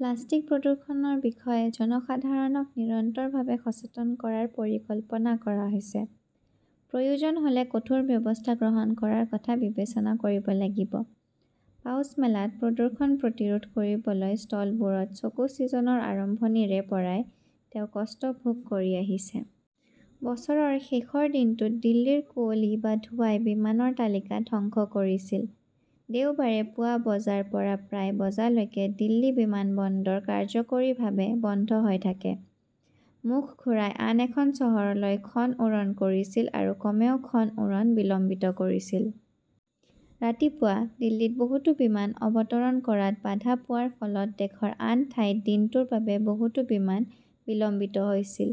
Plastic প্ৰদূষণৰ বিষয়ে জনসাধাৰণক নিৰন্তৰভাৱে সচেতন কৰাৰ পৰিকল্পনা কৰা হৈছে। প্ৰয়োজন হলে কঠোৰ ব্যৱস্থা গ্ৰহণ কৰাৰ কথা বিবেচনা কৰিব লাগিব, পাউচমেলাত প্ৰদূষণ প্ৰতিৰোধ কৰিবলৈ ষ্টলবোৰত চকু ছিজনৰ আৰম্ভণিৰে পৰাই তেওঁ কষ্ট ভোগ কৰি আহিছে। বছৰৰ শেষৰ দিনটোত দিল্লীৰ কুঁৱলী বা ধোঁৱাই বিমানৰ তালিকা ধ্বংস কৰিছিল। দেওবাৰে পুৱা বজাৰ পৰা প্ৰায় বজালৈকে দিল্লী বিমানবন্দৰ কাৰ্যকৰীভাৱে বন্ধ হৈ থাকে। মুখ ঘূৰাই আন এখন চহৰলৈ খন উৰণ কৰিছিল আৰু কমেও খন উৰণ বিলম্বিত কৰিছিল। ৰাতিপুৱা দিল্লীত বহুতো বিমান অৱতৰণ কৰাত বাধা পোৱাৰ ফলত দেশৰ আন ঠাইত দিনটোৰ বাবে বহুতো বিমান বিলম্বিত হৈছিল।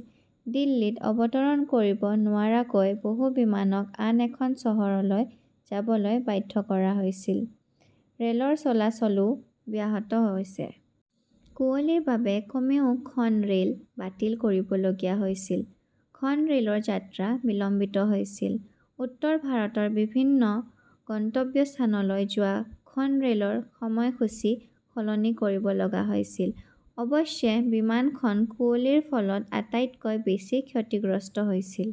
দিল্লীত অৱতৰণ কৰিব নোৱাৰাকৈ বহু বিমানক আন এখন চহৰলৈ যাবলৈ বাধ্য কৰা হৈছিল। ৰেলৰ চলাচলও ব্যাহত হৈছে। কুঁৱলীৰ বাবে কমেও খন ৰেল বাতিল কৰিবলগীয়া হৈছিল। খন ৰেলৰ যাত্ৰা বিলম্বিত হৈছিল। উত্তৰ ভাৰতৰ বিভিন্ন গন্তব্যস্থানলৈ যোৱা খন ৰেলৰ সময়সূচী সলনি কৰিব লগা হৈছিল। অৱশ্যে, বিমানখন কুঁৱলীৰ ফলত আটাইতকৈ বেছি ক্ষতিগ্ৰস্ত হৈছিল।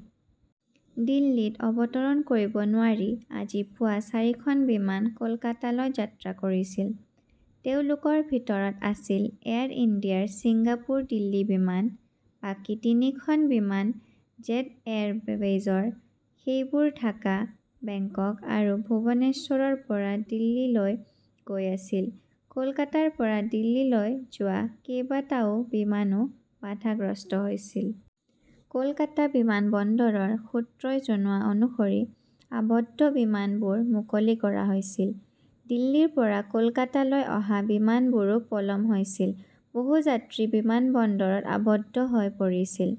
দিল্লীত অৱতৰণ কৰিব নোৱাৰি, আজি পুৱা চাৰিখন বিমান কলকাতালৈ যাত্ৰা কৰিছিল। তেওঁলোকৰ ভিতৰত আছিল এয়াৰ ইণ্ডিয়াৰ ছিংগাপুৰ-দিল্লী বিমান। বাকী তিনিখন বিমান জেট এয়াৰৱেজৰ, সেইবোৰ ঢাকা, বেংকক আৰু ভুৱনেশ্বৰৰ পৰা দিল্লীলৈ গৈ আছিল। কলকাতাৰ পৰা দিল্লীলৈ যোৱা কেইবাটাও বিমানো বাধাগ্ৰস্ত হৈছিল। কলকাতা বিমানবন্দৰৰ সূত্ৰই জনোৱা অনুসৰি, আবদ্ধ বিমানবোৰ মুকলি কৰা হৈছিল। দিল্লীৰ পৰা কলকাতালৈ অহা বিমানবোৰো পলম হৈছিল। বহু যাত্ৰী বিমানবন্দৰত আবদ্ধ হৈ পৰিছিল।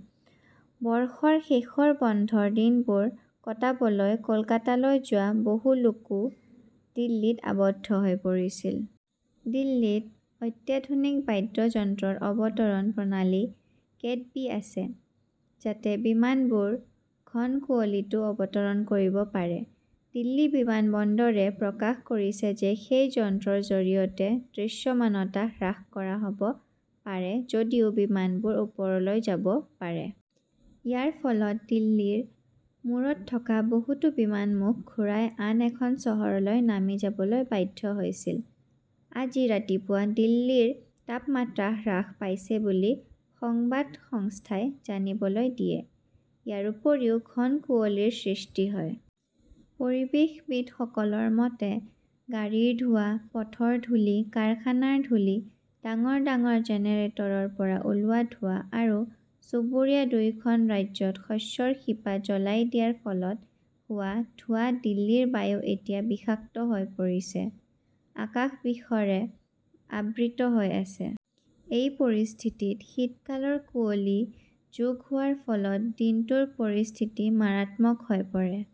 বৰ্ষৰ শেষৰ বন্ধৰ দিনবোৰ কটাবলৈ কলকাতালৈ যোৱা বহু লোকও দিল্লীত আবদ্ধ হৈ পৰিছিল। দিল্লীত অত্যাধুনিক বাদ্যযন্ত্ৰৰ অৱতৰণ প্ৰণালী কেট -বি আছে, যাতে বিমানবোৰ ঘন কুঁৱলীতো অৱতৰণ কৰিব পাৰে। দিল্লী বিমানবন্দৰে প্ৰকাশ কৰিছে যে সেই যন্ত্ৰৰ জৰিয়তে দৃশ্যমানতা হ্ৰাস কৰা হ 'ব পাৰে যদিও বিমানবোৰ ওপৰলৈ যাব পাৰে। ইয়াৰ ফলত দিল্লীৰ মূৰত থকা বহুতো বিমান মুখ ঘূৰাই আন এখন চহৰলৈ নামি যাবলৈ বাধ্য হৈছিল। আজি ৰাতিপুৱা দিল্লীৰ তাপমাত্ৰা হ্ৰাস পাইছে বুলি সংবাদ সংস্থাই জানিবলৈ দিয়ে। ইয়াৰ উপৰিও ঘন কুঁৱলীৰ সৃষ্টি হয়। পৰিৱেশবিদসকলৰ মতে, গাড়ীৰ ধোঁৱা, পথৰ ধূলি, কাৰখানাৰ ধূলি, ডাঙৰ ডাঙৰ জেনেৰেটৰৰ পৰা ওলোৱা ধোঁৱা আৰু চুবুৰীয়া দুয়োখন ৰাজ্যত শস্যৰ শিপা জ্বলাই দিয়াৰ ফলত হোৱা ধোঁৱা-দিল্লীৰ বায়ু এতিয়া বিষাক্ত হৈ পৰিছে। আকাশ বিষৰে আবৃত হৈ আছে। এই পৰিস্থিতিত শীতকালৰ কুঁৱলী যোগ হোৱাৰ ফলত দিনটোৰ পৰিস্থিতি মাৰাত্মক হৈ পৰে।